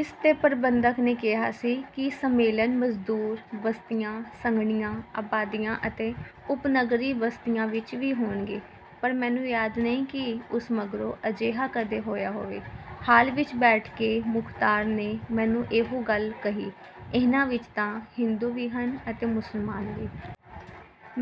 ਇਸ 'ਤੇ ਪ੍ਰਬੰਧਕ ਨੇ ਕਿਹਾ ਸੀ ਕਿ ਸੰਮੇਲਨ ਮਜ਼ਦੂਰ ਬਸਤੀਆਂ, ਸੰਘਣੀਆਂ ਆਬਾਦੀਆਂ ਅਤੇ ਉਪਨਗਰੀ ਬਸਤੀਆਂ ਵਿੱਚ ਵੀ ਹੋਣਗੇ, ਪਰ ਮੈਨੂੰ ਯਾਦ ਨਹੀਂ ਕਿ ਉਸ ਮਗਰੋਂ ਅਜਿਹਾ ਕਦੇ ਹੋਇਆ ਹੋਵੇ। ਹਾਲ ਵਿੱਚ ਬੈਠ ਕੇ ਮੁਖ਼ਤਾਰ ਨੇ ਮੈਨੂੰ ਇਹੋ ਗੱਲ ਕਹੀ, "ਇਹਨਾਂ ਵਿੱਚ ਤਾਂ ਹਿੰਦੂ ਵੀ ਹਨ ਅਤੇ ਮੁਸਲਮਾਨ ਵੀ।"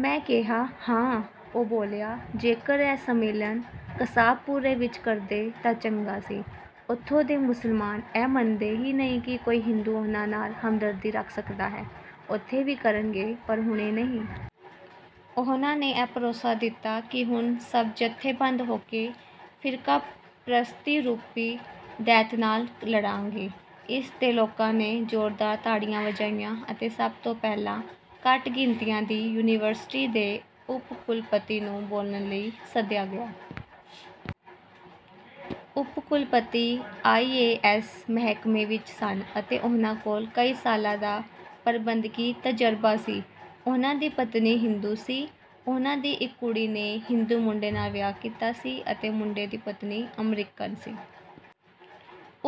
ਮੈਂ ਕਿਹਾ, "ਹਾਂ!" ਉਹ ਬੋਲਿਆ, "ਜੇਕਰ ਇਹ ਸੰਮੇਲਨ ਕਸਾਬਪੁਰੇ ਵਿੱਚ ਕਰਦੇ ਤਾਂ ਚੰਗਾ ਸੀ। ਉੱਥੋਂ ਦੇ ਮੁਸਲਮਾਨ ਇਹ ਮੰਨਦੇ ਹੀ ਨਹੀਂ ਕਿ ਕੋਈ ਹਿੰਦੂ ਉਹਨਾਂ ਨਾਲ਼ ਹਮਦਰਦੀ ਰੱਖ ਸਕਦਾ ਹੈ।" "ਉੱਥੇ ਵੀ ਕਰਨਗੇ, ਪਰ ਹੁਣੇ ਨਹੀਂ।" ਉਹਨਾਂ ਨੇ ਇਹ ਭਰੋਸਾ ਦਿੱਤਾ ਕਿ ਹੁਣ ਸਭ ਜਥੇਬੰਦ ਹੋ ਕੇ ਫ਼ਿਰਕਾਪ੍ਰਸਤੀ ਰੂਪੀ ਦੈਤ ਨਾਲ਼ ਲੜਾਂਗੇ। ਇਸ 'ਤੇ ਲੋਕਾਂ ਨੇ ਜ਼ੋਰਦਾਰ ਤਾੜੀਆਂ ਵਜਾਈਆਂ ਅਤੇ ਸਭ ਤੋਂ ਪਹਿਲਾਂ ਘੱਟ ਗਿਣਤੀਆਂ ਦੀ ਯੂਨੀਵਰਸਿਟੀ ਦੇ ਉੱਪ-ਕੁਲਪਤੀ ਨੂੰ ਬੋਲਣ ਲਈ ਸੱਦਿਆ ਗਿਆ। ਉੱਪ-ਕੁਲਪਤੀ ਆਈ. ਏ. ਐੱਸ. ਮਹਿਕਮੇ ਵਿੱਚ ਸਨ ਅਤੇ ਉਹਨਾਂ ਕੋਲ ਕਈ ਸਾਲਾਂ ਦਾ ਪ੍ਰਬੰਧਕੀ ਤਜ਼ਰਬਾ ਸੀ। ਉਹਨਾਂ ਦੀ ਪਤਨੀ ਹਿੰਦੂ ਸੀ, ਉਹਨਾਂ ਦੀ ਇੱਕ ਕੁੜੀ ਨੇ ਹਿੰਦੂ ਮੁੰਡੇ ਨਾਲ਼ ਵਿਆਹ ਕੀਤਾ ਸੀ ਅਤੇ ਮੁੰਡੇ ਦੀ ਪਤਨੀ ਅਮਰੀਕਨ ਸੀ।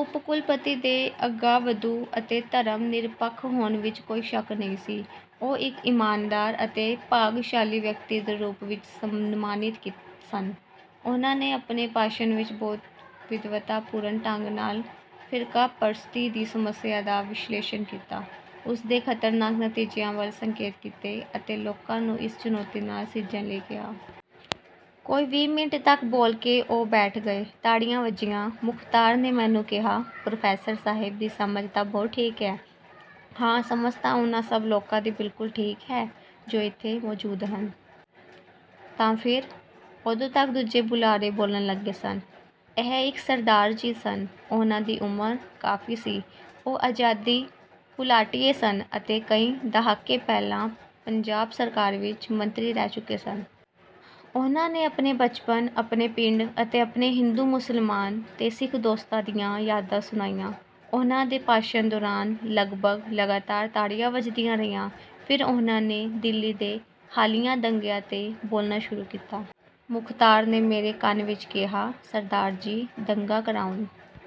ਉੱਪ-ਕੁਲਪਤੀ ਦੇ ਅਗਾਂਹਵਧੂ ਅਤੇ ਧਰਮ-ਨਿਰਪੱਖ ਹੋਣ ਵਿੱਚ ਕੋਈ ਸ਼ੱਕ ਨਹੀਂ ਸੀ। ਉਹ ਇੱਕ ਇਮਾਨਦਾਰ ਅਤੇ ਭਾਗਸ਼ਾਲੀ ਵਿਅਕਤੀ ਦੇ ਰੂਪ ਵਿੱਚ ਸਨਮਾਨਿਤ ਸਨ। ਉਹਨਾਂ ਨੇ ਆਪਣੇ ਭਾਸ਼ਣ ਵਿੱਚ ਬਹੁਤ ਵਿਦਵਤਾਪੂਰਨ ਢੰਗ ਨਾਲ਼ ਫ਼ਿਰਕਾਪ੍ਰਸਤੀ ਦੀ ਸਮੱਸਿਆ ਦਾ ਵਿਸ਼ਲੇਸ਼ਣ ਕੀਤਾ, ਉਸ ਦੇ ਖ਼ਤਰਨਾਕ ਨਤੀਜਿਆਂ ਵੱਲ ਸੰਕੇਤ ਕੀਤੇ ਅਤੇ ਲੋਕਾਂ ਨੂੰ ਇਸ ਚੁਣੌਤੀ ਨਾਲ਼ ਸਿੱਝਣ ਲਈ ਕਿਹਾ। ਕੋਈ ਵੀਹ ਮਿੰਟ ਤੱਕ ਬੋਲ ਕੇ ਉਹ ਬੈਠ ਗਏ। ਤਾੜੀਆਂ ਵੱਜੀਆਂ। ਮੁਖ਼ਤਾਰ ਨੇ ਮੈਨੂੰ ਕਿਹਾ, "ਪ੍ਰੋਫ਼ੈਸਰ ਸਾਹਿਬ ਦੀ ਸਮਝ ਤਾਂ ਬਹੁਤ ਠੀਕ ਹੈ।" "ਹਾਂ, ਸਮਝ ਤਾਂ ਉਹਨਾਂ ਸਭ ਲੋਕਾਂ ਦੀ ਬਿਲਕੁਲ ਠੀਕ ਹੈ ਜੋ ਇੱਥੇ ਮੌਜੂਦ ਹਨ।" "ਤਾਂ ਫਿਰ?" ਉਦੋਂ ਤੱਕ ਦੂਜੇ ਬੁਲਾਰੇ ਬੋਲਣ ਲੱਗੇ ਸਨ। ਇਹ ਇੱਕ ਸਰਦਾਰ ਜੀ ਸਨ। ਉਹਨਾਂ ਦੀ ਉਮਰ ਕਾਫ਼ੀ ਸੀ। ਉਹ ਆਜ਼ਾਦੀ ਘੁਲਾਟੀਏ ਸਨ ਅਤੇ ਕਈ ਦਹਾਕੇ ਪਹਿਲਾਂ ਪੰਜਾਬ ਸਰਕਾਰ ਵਿੱਚ ਮੰਤਰੀ ਰਹਿ ਚੁੱਕੇ ਸਨ। ਉਹਨਾਂ ਨੇ ਆਪਣੇ ਬਚਪਨ, ਆਪਣੇ ਪਿੰਡ ਅਤੇ ਆਪਣੇ ਹਿੰਦੂ, ਮੁਸਲਮਾਨ ਤੇ ਸਿੱਖ ਦੋਸਤਾਂ ਦੀਆਂ ਯਾਦਾਂ ਸੁਣਾਈਆਂ। ਉਹਨਾਂ ਦੇ ਭਾਸ਼ਣ ਦੌਰਾਨ ਲਗਭਗ ਲਗਾਤਾਰ ਤਾੜੀਆਂ ਵੱਜਦੀਆਂ ਰਹੀਆਂ। ਫ਼ਿਰ ਉਹਨਾਂ ਨੇ ਦਿੱਲੀ ਦੇ ਹਾਲੀਆ ਦੰਗਿਆਂ 'ਤੇ ਬੋਲਣਾ ਸ਼ੁਰੂ ਕੀਤਾ। ਮੁਖ਼ਤਾਰ ਨੇ ਮੇਰੇ ਕੰਨ ਵਿੱਚ ਕਿਹਾ, "ਸਰਦਾਰ ਜੀ ਦੰਗਾ ਕਰਾਉਣ